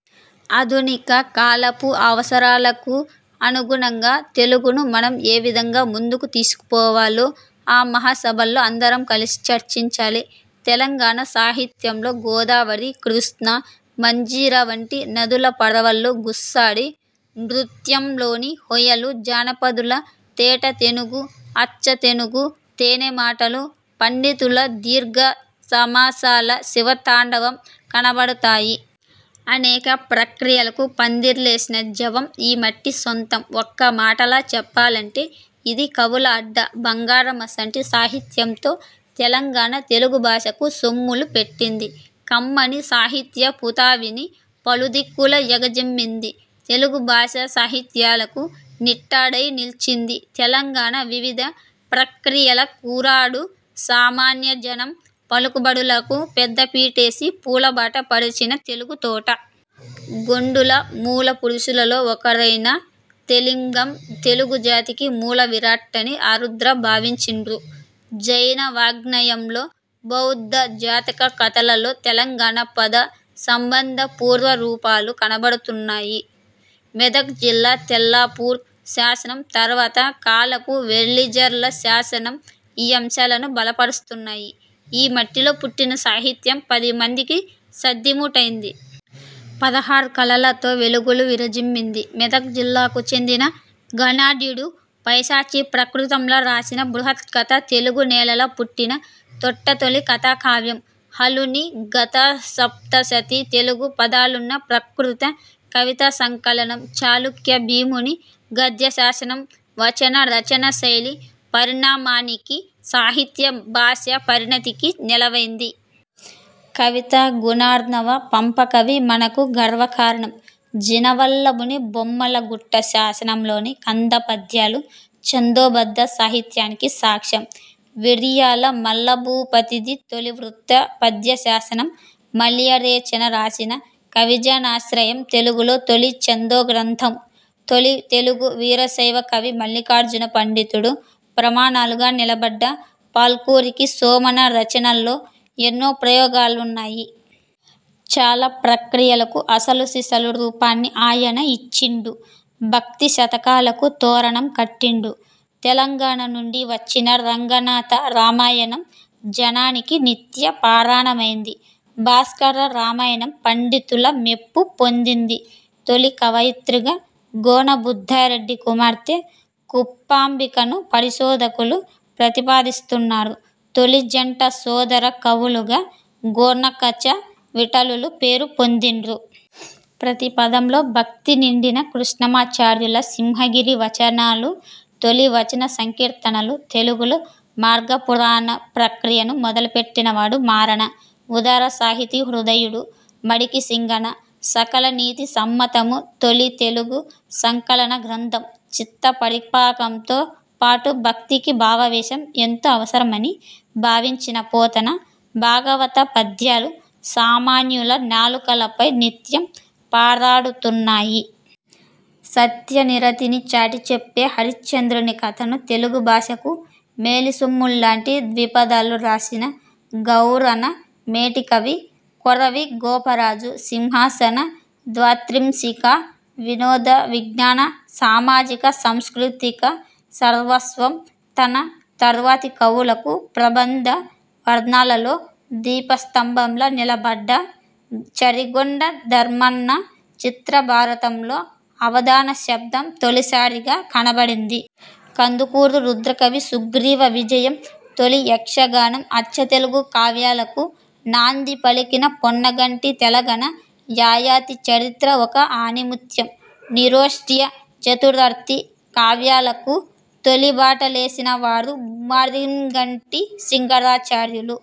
ఆధునిక కాలపు అవసరాలకు అనుగుణంగా తెలుగును మనం ఏవిధంగా ముందుకు తీసుకుపోవాలో ఆ మహాసభల్లో అందరం కలిసి చర్చించాలి. తెలంగాణ సాహిత్యంలో గోదావరి, కృష్ణ, మంజీర వంటి నదుల పరవళ్లు, గుస్సాడి నృత్యంలోని హొయలు, జానపదుల తేట తెనుగు, అచ్చతెనుగు తేనెమాటలు, పండితుల దీర్ఘ సమాసాల శివతాండవం కనబడుతయి. అనేక ప్రక్రియలకు పందిర్లేసిన జవం ఈ మట్టి సొంతం. ఒక్కమాటల చెప్పాలంటె ఇది కవుల అడ్డా. బంగారమసంటి సాహిత్యంతో తెలంగాణ తెలుగుభాషకు సొమ్ములుపెట్టింది. కమ్మని సాహిత్య పుతావిని పలుదిక్కుల ఎగజిమ్మింది. తెలుగు భాషాసాహిత్యాలకు నిట్టాడైనిల్చింది. తెలంగాణ వివిధ ప్రక్రియల కూరాడు. సామాన్యజనం పలుకుబడులకు పెద్దపీటేసి పూలబాట పరిచిన తెలుగుతోట. గోండుల మూల పురుషులలో ఒకరైన 'తెలింగం' తెలుగు జాతికి మూలవిరాట్టని ఆరుద్ర భావించిన్రు. జైన వాజ్ఞయంలో, బౌద్ధ జాతక కథలలో తెలంగాణ పద సంబంధ పూర్వ రూపాలు కనబడుతున్నయి. మెదక్ జిల్లా తెల్లాపూర్ శాసనం, తర్వాత కాలపు వెలిజర్ల శాసనం ఈ అంశాలను బలపరుస్తున్నయి. ఈ మట్టిలో పుట్టిన సాహిత్యం పదిమందికి సద్దిమూటైంది. పదహారు కళలతో వెలుగులు విరజిమ్మింది. మెదక్ జిల్లాకు చెందిన గుణాఢ్యుడు పైశాచీ ప్రాకృతంల రాసిన బృహ త్కథ తెలుగు నేలల పుట్టిన తొట్టతొలి కథాకావ్యం. హాలుని గాథాసప్తశతి తెలుగు పదాలున్న ప్రాకృత కవితాసంకలనం. చాళుక్య భీముని గద్యశాసనం వచన రచనాశైలి పరిణామానికి, సాహిత్య భాషా పరిణతికి నెలవైంది. కవితా గుణార్ణవ పంపకవి మనకు గర్వకారణం. జినవల్లభుని బొమ్మల గుట్ట శాసనంలోని కందపద్యాలు ఛందోబద్ధ సాహిత్యానికి సాక్ష్యం. విరియాల మల్లభూపతిది తొలి వృత్త పద్యశాసనం. మల్లియరేచన రాసిన 'కవిజనాశ్రయం' తెలుగులో తొలి ఛందో గ్రంథం. తొలి తెలుగు వీరశైవ కవి మల్లిఖార్జున పండితుడు. ప్రమాణాలుగా నిలబడ్డ పాల్కురికి సోమన రచనల్లో ఎన్నో ప్రయోగాలున్నయి. చాలా ప్రక్రియలకు అసలు సిసలు రూపాన్ని ఆయన ఇచ్చిండు. భక్తి శతకాలకు తోరణం కట్టిండు. తెలంగాణ నుండి వచ్చిన రంగనాథ రామాయణం జనానికి నిత్య పారాయణమైంది. భాస్కర రామాయణం పండితుల మెప్పు పొందింది. తొలి కవయిత్రిగా గోనబుద్ధారెడ్డి కుమార్తె కుప్పాంబికను పరిశోధకులు ప్రతిపాదిస్తున్నరు. తొలి జంట, సోదర కవులుగ గోనకాచ, విఠలులు పేరు పొందిండ్రు. ప్రతి పదంలో భక్తి నిండిన కృష్ణమాచార్యుల సింహగిరి వచనాలు తొలి వచన సంకీర్తనలు. తెలుగులో మార్గపురాణ ప్రక్రియను మొదలుపెట్టినవాడు మారన. ఉదార సాహితీ హృదయుడు మడికిసింగన 'సకలనీతి సమ్మతము' తొలి తెలుగు సంకలన గ్రంథం. చిత్తపరిపాకంతో పాటు భక్తికి భావావేశం ఎంతో అవసరమని భావించిన పోతన భాగవత పద్యాలు సామాన్యుల నాలుకలపై నిత్యం పారాడుతున్నయి. సత్యనిరతిని చాటిచెప్పే హరిశ్చంద్రుని కథను తెలుగు భాషకు మేలిసొమ్ముల్లాంటి ద్విపదల్లో రాసిన గౌరన మేటికవి. కొరవి గోపరాజు 'సింహాసన ద్వాత్రింశిక' వినోద విజ్ఞాన సామాజిక సాంస్కృతిక సర్వస్వం. తన తరువాతి కవులకు ప్రబంధ వర్ణనలలో దీపస్తంభంలా నిలబడ్డ చరిగొండ ధర్మన్న 'చిత్ర భారతం'లో అవధాన శబ్దం తొలిసారిగా కనబడింది. కందుకూరు రుద్రకవి 'సుగ్రీవ విజయం' తొలి యక్షగానం. అచ్చతెలుగు కావ్యాలకు నాందిపలికిన పొన్నగంటి తెలగన 'యయాతి చరిత్ర' ఒక ఆణిముత్యం. నిరోష్ట్య, చతురర్థి కావ్యాలకు తొలిబాటలేసినవారు మరింగంటి సింగరాచార్యులు.